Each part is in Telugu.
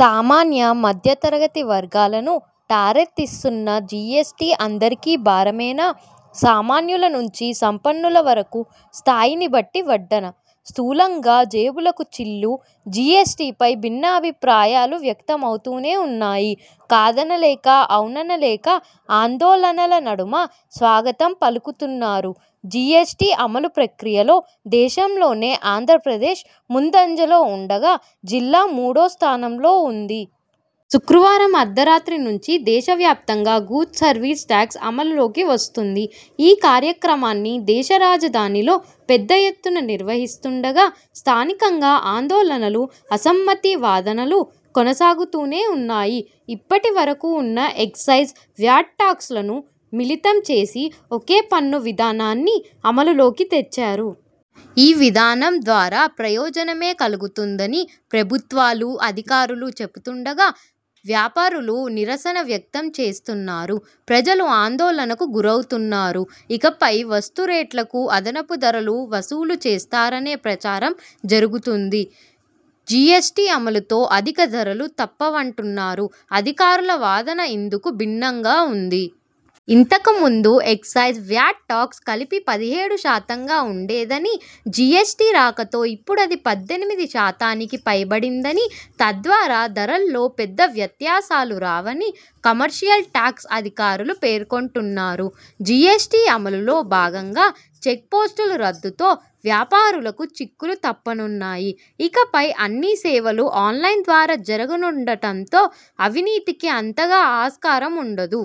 సామాన్య, మధ్య తరగతి వర్గాలను ఠారెత్తిస్తున్న జీఎస్టీ అందరికీ భారమేనా?! సామాన్యుల నుంచి సంపన్నుల వరకు స్థాయిని బట్టి వడ్డన! స్థూలంగా జేబులకు చిల్లు జీఎస్టీపై భిన్నాభిప్రాయాలు వ్యక్తమవుతూనే ఉన్నాయి. కాదన లేక, ఔనన లేక ఆందోళనల నడుమ స్వాగతం పలుకుతున్నారు. జీఎస్టీ అమలు ప్రక్రియలో దేశంలోనే ఆంధ్రప్రదేశ్ ముందంజలో ఉండగా, జిల్లా మూడో స్థానంలో ఉంది. శుక్రవారం అర్థరాత్రి నుంచి దేశవ్యాప్తంగా గూడ్స్ సర్వీస్ టాక్స్ అమలులోకి వస్తుంది. ఈ కార్యక్రమాన్ని దేశరాజధానిలో పెద్ద ఎత్తున నిర్వహిస్తుండగా, స్థానికంగా ఆందోళనలు, అసమ్మతి వాదనలు కొనసాగుతూనే ఉన్నాయి. ఇప్పటి వరకు ఉన్న ఎక్సైజ్, వ్యాట్ టాక్సులను మిళితం చేసి ఒకే పన్ను విధానాన్ని అమలులోకి తెచ్చారు. ఈ విధానం ద్వారా ప్రయోజనమే కలుగుతుందని ప్రభుత్వాలు, అధికారులు చెపుతుండగా, వ్యాపారులు నిరసన వ్యక్తం చేస్తున్నారు. ప్రజలు ఆందోళనకు గురవుతున్నారు. ఇకపై వస్తు రేట్లకు అదనపు ధరలు వసూలు చేస్తారనే ప్రచారం జరుగుతోంది. జిఎస్టీ అమలుతో అధిక ధరలు తప్పవంటున్నారు. అధికారుల వాదన ఇందుకు భిన్నంగా ఉంది. ఇంతకు ముందు ఎక్సైజ్, వ్యాట్ టాక్స్ కలిపి పదిహేడు శాతంగా ఉండేదని, జిఎస్టీ రాకతో ఇప్పుడది పద్దెనిమిది శాతానికి పైబడిందని, తద్వారా ధరల్లో పెద్ద వ్యత్యాసాలు రావని కమర్షియల్ టాక్స్ అధికారులు పేర్కొంటున్నారు. జిఎస్టీ అమలులో భాగంగా చెక్పోస్టులు రద్దుతో వ్యాపారులకు చిక్కులు తప్పనున్నాయి. ఇకపై అన్ని సేవలు ఆన్లైన్ ద్వారా జరగనుండటంతో అవినీతికి అంతగా ఆస్కారం ఉండదు.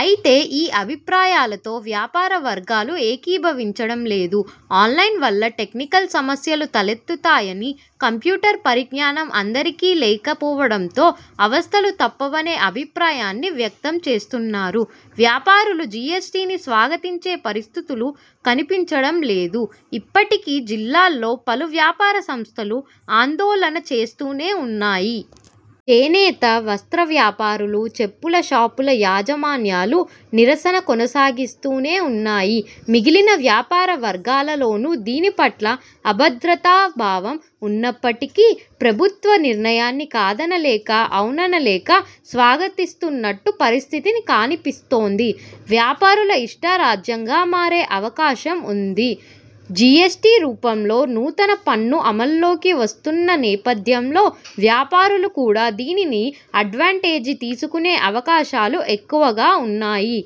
అయితే ఈ అభిప్రాయాలతో వ్యాపార వర్గాలు ఏకీభవించడం లేదు. ఆన్లైన్ వల్ల టెక్నికల్ సమస్యలు తలెత్తుతాయని, కంప్యూటర్ పరిజ్ఞానం అందరికీ లేక పోవడంతో అవస్థలు తప్పవనే అభిప్రాయాన్ని వ్యక్తం చేస్తున్నారు. వ్యాపారులు జీఎస్టీని స్వాగతించే పరిస్థితులు కనిపించడం లేదు. ఇప్పటికి జిల్లాలో పలు వ్యాపార సంస్థలు ఆందోళన చేస్తూనే ఉన్నాయి. చేనేత, వస్త్ర వ్యాపారులు, చెప్పుల షాపుల యాజమాన్యాలు నిరసన కొనసాగిస్తూనే ఉన్నాయి. మిగిలిన వ్యాపార వర్గాలలోను దీని పట్ల అభద్రతా భావం ఉన్నప్పటికీ ప్రభుత్వ నిర్ణయాన్ని కాదనలేక, ఔననలేక స్వాగతిస్తున్నట్టు పరిస్థితి కానిపిస్తోంది. వ్యాపారుల ఇష్టారాజ్యంగా మారే అవకాశం ఉంది జీఎస్టీ రూపంలో నూతన పన్ను అమల్లోకి వస్తున్న నేపథ్యంలో, వ్యాపారులు కూడా దీనిని అడ్వాంటేజీ తీసుకునే అవకాశాలు ఎక్కువగా ఉన్నాయి.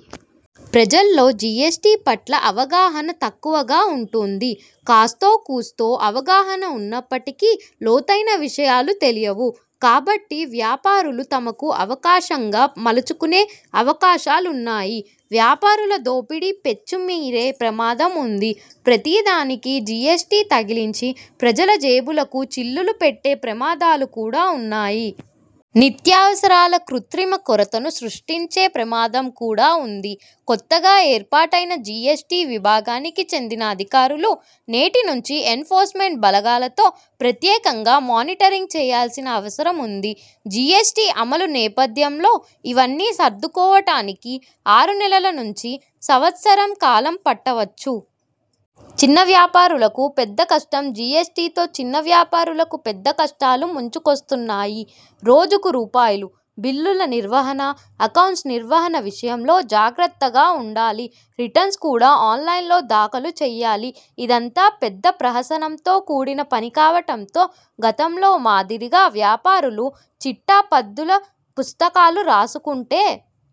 ప్రజల్లో జీఎస్టీ పట్ల అవగాహన తక్కువగా ఉంటుంది. కాస్తో, కూస్తో అవగాహన ఉన్నప్పటికీ లోతైన విషయాలు తెలియవు కాబట్టి వ్యాపారులు తమకు అవకాశంగా మలుచుకునే అవకాశాలున్నాయి. వ్యాపారుల దోపిడీ పెచ్చుమీరే ప్రమాదం ఉంది. ప్రతిదానికీ జీఎస్టీ తగిలించి ప్రజల జేబులకు చిల్లులు పెట్టే ప్రమాదాలు కూడా ఉన్నాయి. నిత్యావసరాల కృత్రిమ కొరతను సృష్టించే ప్రమాదం కూడా ఉంది. కొత్తగా ఏర్పాటైన జీఎస్టీ విభాగానికి చెందిన అధికారులు నేటి నుంచి ఎన్ఫోర్స్మెంట్ బలగాలతో ప్రత్యేకంగా మానిటరింగ్ చేయాల్సిన అవసరం ఉంది. జీఎస్టీ అమలు నేపథ్యంలో, ఇవన్నీ సర్దుకోవటానికి ఆరు నెలల నుంచి సంవత్సరం కాలం పట్టవచ్చు. చిన్న వ్యాపారులకు పెద్ద కష్టం జీఎస్టీతో చిన్న వ్యాపారులకు పెద్ద కష్టాలు ముంచుకొస్తున్నాయి. రోజుకు రూపాయలు. బిల్లుల నిర్వహణ, అక్కౌంట్స్ నిర్వహణ విషయంలో జాగ్రత్తగా ఉండాలి. రిటర్న్స్ కూడా ఆన్లైన్లో దాఖలు చేయాలి. ఇదంతా పెద్ద ప్రహసనంతో కూడిన పని కావటంతో గతంలో మాదిరిగా వ్యాపారులు చిట్టాపద్దుల పుస్తకాలు రాసుకుంటే